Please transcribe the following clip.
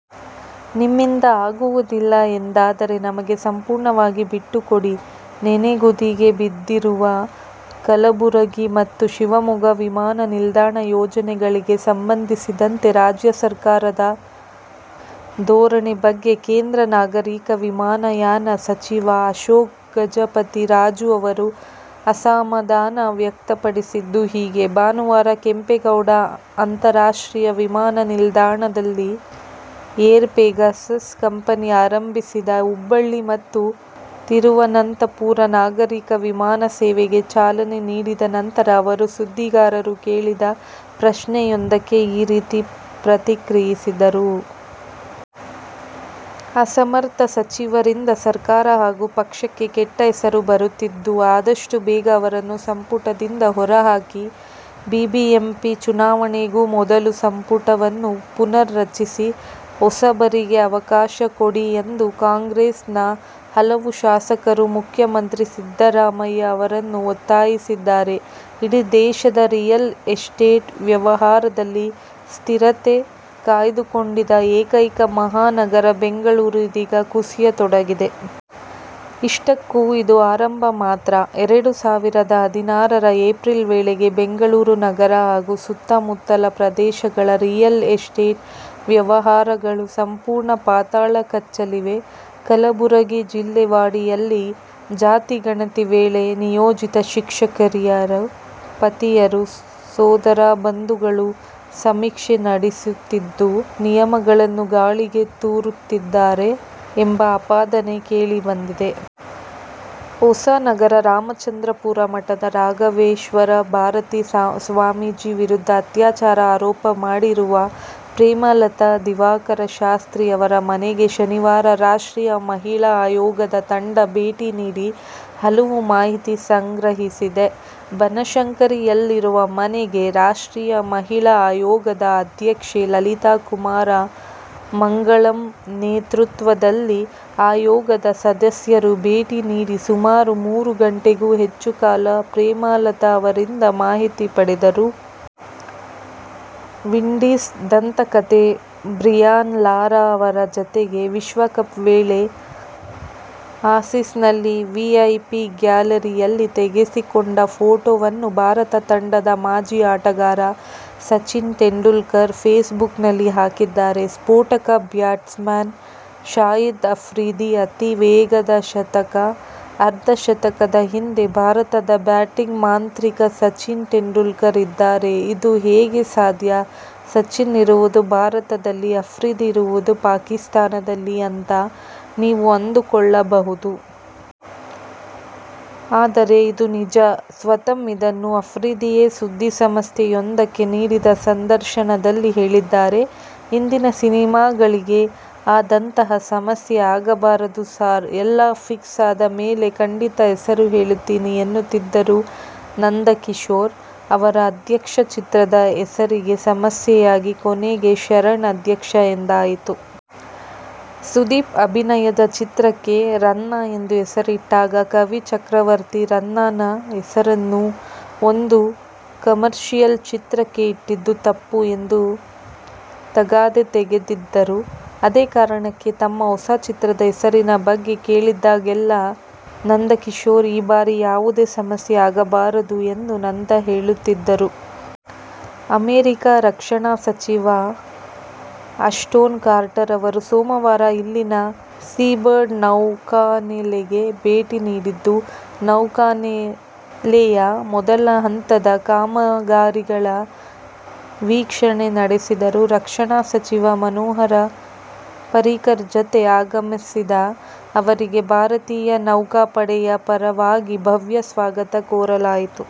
ನಿಮ್ಮಿಂದ ಆಗುವುದಿಲ್ಲ ಎಂದಾದರೆ ನಮಗೆ ಸಂಪೂರ್ಣವಾಗಿ ಬಿಟ್ಟುಕೊಡಿ- ನೆನೆಗುದಿಗೆ ಬಿದ್ದಿರುವ ಕಲಬುರಗಿ ಮತ್ತು ಶಿವಮೊಗ್ಗ ವಿಮಾನ ನಿಲ್ದಾಣ ಯೋಜನೆಗಳಿಗೆ ಸಂಬಂಧಿಸಿದಂತೆ ರಾಜ್ಯ ಸರ್ಕಾರದ ಧೋ ರಣೆ ಬಗ್ಗೆ ಕೇಂದ್ರ ನಾಗರಿಕ ವಿಮಾನಯಾನ ಸಚಿವ ಅಶೋಕ್ ಗಜಪತಿ ರಾಜು ಅವರು ಅಸಮಾಧಾನ ವ್ಯಕ್ತಪಡಿಸಿದ್ದು ಹೀಗೆ. ಭಾನುವಾರ ಕೆಂಪೇಗೌಡ ಅಂತಾರಾಷ್ಟ್ರೀಯ ವಿಮಾನ ನಿಲ್ದಾಣದಲ್ಲಿ ಏರ್ ಪೆಗಾಸಸ್ ಕಂಪನಿ ಆರಂಭಿಸಿದ ಹುಬ್ಬಳ್ಳಿ ಮತ್ತು ತಿರುವನಂತಪುರ ನಾಗರೀಕ ವಿಮಾನ ಸೇವೆಗೆ ಚಾಲನೆ ನೀಡಿದ ನಂತರ ಅವರು ಸುದ್ದಿಗಾರರು ಕೇಳಿದ ಪ್ರಶ್ನೆಯೊಂದಕ್ಕೆ ಈ ರೀತಿ ಪ್ರತಿಕ್ರಿಯಿಸಿದರು. ಅಸಮರ್ಥ ಸಚಿವರಿಂದ ಸರ್ಕಾರ ಹಾಗೂ ಪಕ್ಷಕ್ಕೆ ಕೆಟ್ಟ ಹೆಸರು ಬರುತ್ತಿದ್ದು, ಆದಷ್ಟು ಬೇಗ ಅವರನ್ನು ಸಂಪುಟದಿಂದ ಹೊರಹಾಕಿ. ಬಿಬಿಎಂಪಿ ಚುನಾವಣೆಗೂ ಮೊದಲು ಸಂಪುಟವನ್ನು ಪುನರ್ ರಚಿಸಿ, ಹೊಸಬರಿಗೆ ಅವಕಾಶ ಕೊಡಿ ಎಂದು ಕಾಂಗ್ರೆಸ್ನ ಹಲವು ಶಾಸಕರು ಮುಖ್ಯಮಂತ್ರಿ ಸಿದ್ದರಾಮಯ್ಯ ಅವರನ್ನು ಒತ್ತಾಯಿಸಿದ್ದಾರೆ. ಇಡೀ ದೇಶದ ರಿಯಲ್ ಎಸ್ಟೇಟ್ ವ್ಯವಹಾರದಲ್ಲಿ ಸ್ಥಿರತೆ ಕಾಯ್ದುಕೊಂಡಿದ್ದ ಏಕೈಕ ಮಹಾನಗರ ಬೆಂಗಳೂರು ಇದೀಗ ಕುಸಿಯತೊಡಗಿದೆ. ಇಷ್ಟಕ್ಕೂ, ಇದು ಆರಂಭ ಮಾತ್ರ. ಎರಡು ಸಾವಿರದ ಹದಿನಾರರ ಏಪ್ರಿಲ್ ವೇಳೆಗೆ ಬೆಂಗಳೂರು ನಗರ ಹಾಗೂ ಸುತ್ತಮುತ್ತಲ ಪ್ರದೇಶಗಳ ರಿಯಲ್ ಎಸ್ಟೇಟ್ ವ್ಯವಹಾರಗಳು ಸಂಪೂರ್ಣ ಪಾತಾಳ ಕಚ್ಚಲಿವೆ. ಕಲಬುರಗಿ ಜಿಲ್ಲೆ ವಾಡಿಯಲ್ಲಿ ಜಾತಿಗಣತಿ ವೇಳೆ ನಿಯೋಜಿತ ಶಿಕ್ಷಕಿಯರ ಪತಿಯರು, ಸೋದರ ಬಂಧುಗಳು ಸಮೀಕ್ಷೆ ನಡೆಸುತ್ತಿದ್ದು, ನಿಯಮಗಳನ್ನು ಗಾಳಿಗೆ ತೂರುತ್ತಿದ್ದಾರೆ ಎಂಬ ಆಪಾದನೆ ಕೇಳಿಬಂದಿದೆ. ಹೊಸನಗರ ರಾಮಚಂದ್ರಾಪುರ ಮಠದ ರಾಘವೇಶ್ವರ ಭಾರತಿ ಸ್ವಾಮೀಜಿ ವಿರುದ್ಧ ಅತ್ಯಾಚಾರ ಆರೋಪ ಮಾಡಿರುವ ಪ್ರೇಮಲತಾ ದಿವಾಕರ ಶಾಸ್ತ್ರಿ ಅವರ ಮನೆಗೆ ಶನಿವಾರ ರಾಷ್ಟ್ರೀಯ ಮಹಿಳಾ ಆಯೋಗದ ತಂಡ ಭೇಟಿ ನೀಡಿ ಹಲವು ಮಾಹಿತಿ ಸಂಗ್ರಹಿಸಿದೆ. ಬನಶಂಕರಿಯಲ್ಲಿರುವ ಮನೆಗೆ ರಾಷ್ಟ್ರೀಯ ಮಹಿಳಾ ಆಯೋಗದ ಅಧ್ಯಕ್ಷೆ ಲಲಿತಾ ಕುಮಾರ ಮಂಗಳಂ ನೇತೃತ್ವದಲ್ಲಿ ಆಯೋಗದ ಸದಸ್ಯರು ಭೇಟಿ ನೀಡಿ ಸುಮಾರು ಮೂರು ಗಂಟೆಗೂ ಹೆಚ್ಚು ಕಾಲ ಪ್ರೇಮಲತಾ ಅವರಿಂದ ಮಾಹಿತಿ ಪಡೆದರು. ವಿಂಡೀಸ್ ದಂತಕಥೆ ಬ್ರಿಯಾನ್ ಲಾರಾ ಅವರ ಜತೆಗೆ ವಿಶ್ವಕಪ್ ವೇಳೆ ಆಸೀಸ್ನಲ್ಲಿ ವಿಐಪಿ ಗ್ಯಾಲರಿಯಲ್ಲಿ ತೆಗೆಸಿಕೊಂಡ ಫೋಟೋವನ್ನು ಭಾರತ ತಂಡದ ಮಾಜಿ ಆಟಗಾರ ಸಚಿನ್ ತೆಂಡುಲ್ಕರ್ ಫೇಸ್ಬುಕ್ನಲ್ಲಿ ಹಾಕಿದ್ದಾರೆ. ಸ್ಫೋಟಕ ಬ್ಯಾಟ್ಸ್ಮನ್ ಶಾಹಿದ್ ಅಫ್ರಿದಿ ಅತೀ ವೇಗದ ಶತಕ, ಅರ್ಧ ಶತಕದ ಹಿಂದೆ ಭಾರತದ ಬ್ಯಾಟಿಂಗ್ ಮಾಂತ್ರಿಕ ಸಚಿನ್ ತೆಂಡುಲ್ಕರ್ ಇದ್ದಾರೆ ಇದು ಹೇಗೆ ಸಾಧ್ಯ ಸಚಿನ್ ಇರುವುದು ಭಾರತದಲ್ಲಿ, ಅಫ್ರಿದಿ ಇರುವುದು ಪಾಕಿಸ್ಥಾನದಲ್ಲಿ ಅಂತ ನೀವು ಅಂದುಕೊಳ್ಳಬಹುದು. ಆದರೆ ಇದು ನಿಜ. ಸ್ವತಃ ಇದನ್ನು ಅಫ್ರಿದಿಯೇ ಸುದ್ದಿ ಸಂಸ್ಥೆಯೊಂದಕ್ಕೆ ನೀಡಿದ ಸಂದರ್ಶನದಲ್ಲಿ ಹೇಳಿದ್ದಾರೆ. "ಹಿಂದಿನ ಸಿನಿಮಾಗಳಿಗೆ ಆದಂತಹ ಸಮಸ್ಯೆ ಆಗಬಾರದು ಸಾರ್. ಎಲ್ಲಾ ಫಿಕ್ಸ್ ಆದಮೇಲೆ ಖಂಡಿತಾ ಹೆಸರು ಹೇಳುತ್ತೀನಿ' ಎನ್ನುತ್ತಿದ್ದರು ನಂದಕಿಶೋರ್. ಅವರ "ಅಧ್ಯಕ್ಷ' ಚಿತ್ರದ ಹೆಸರಿಗೆ ಸಮಸ್ಯೆಯಾಗಿ ಕೊನೆಗೆ "ಶರಣ್ ಅಧ್ಯಕ್ಷ' ಎಂದಾಯಿತು. ಸುದೀಪ್ ಅಭಿನಯದ ಚಿತ್ರಕ್ಕೆ "ರನ್ನ' ಎಂದು ಹೆಸರಿಟ್ಟಾಗ, ಕವಿ ಚಕ್ರವರ್ತಿ ರನ್ನನ ಹೆಸರನ್ನು ಒಂದು ಕಮರ್ಷಿಯಲ್ ಚಿತ್ರಕ್ಕೆ ಇಟ್ಟಿದ್ದು ತಪ್ಪು ಎಂದು ತಗಾದೆ ತೆಗೆದಿದ್ದರು. ಅದೇ ಕಾರಣಕ್ಕೆ ತಮ್ಮ ಹೊಸ ಚಿತ್ರದ ಹೆಸರಿನ ಬಗ್ಗೆ ಕೇಳಿದಾಗಲೆಲ್ಲಾ ನಂದಕಿಶೋರ್, ಈ ಬಾರಿ ಯಾವುದೇ ಸಮಸ್ಯೆ ಆಗಬಾರದು ಎಂದು ನಂದ ಹೇಳುತ್ತಿದ್ದರು. ಅಮೆರಿಕ ರಕ್ಷಣಾ ಸಚಿವ ಅಸ್ಟೋನ್ ಕಾರ್ಟರ್ ಅವರು ಸೋಮವಾರ ಇಲ್ಲಿನ ಸೀಬರ್ಡ್ ನೌಕಾನೆಲೆಗೆ ಭೇಟಿ ನೀಡಿದ್ದು, ನೌಕಾನೆಲೆಯ ಮೊದಲ ಹಂತದ ಕಾಮಗಾರಿಗಳ ವೀಕ್ಷಣೆ ನಡೆಸಿದರು. ರಕ್ಷಣಾ ಸಚಿವ ಮನೋಹರ ಪರ್ರಿಕರ್ ಜತೆ ಆಗಮಿಸಿದ ಅವರಿಗೆ ಭಾರತೀಯ ನೌಕಾಪಡೆಯ ಪರವಾಗಿ ಭವ್ಯ ಸ್ವಾಗತ ಕೋರಲಾಯಿತು.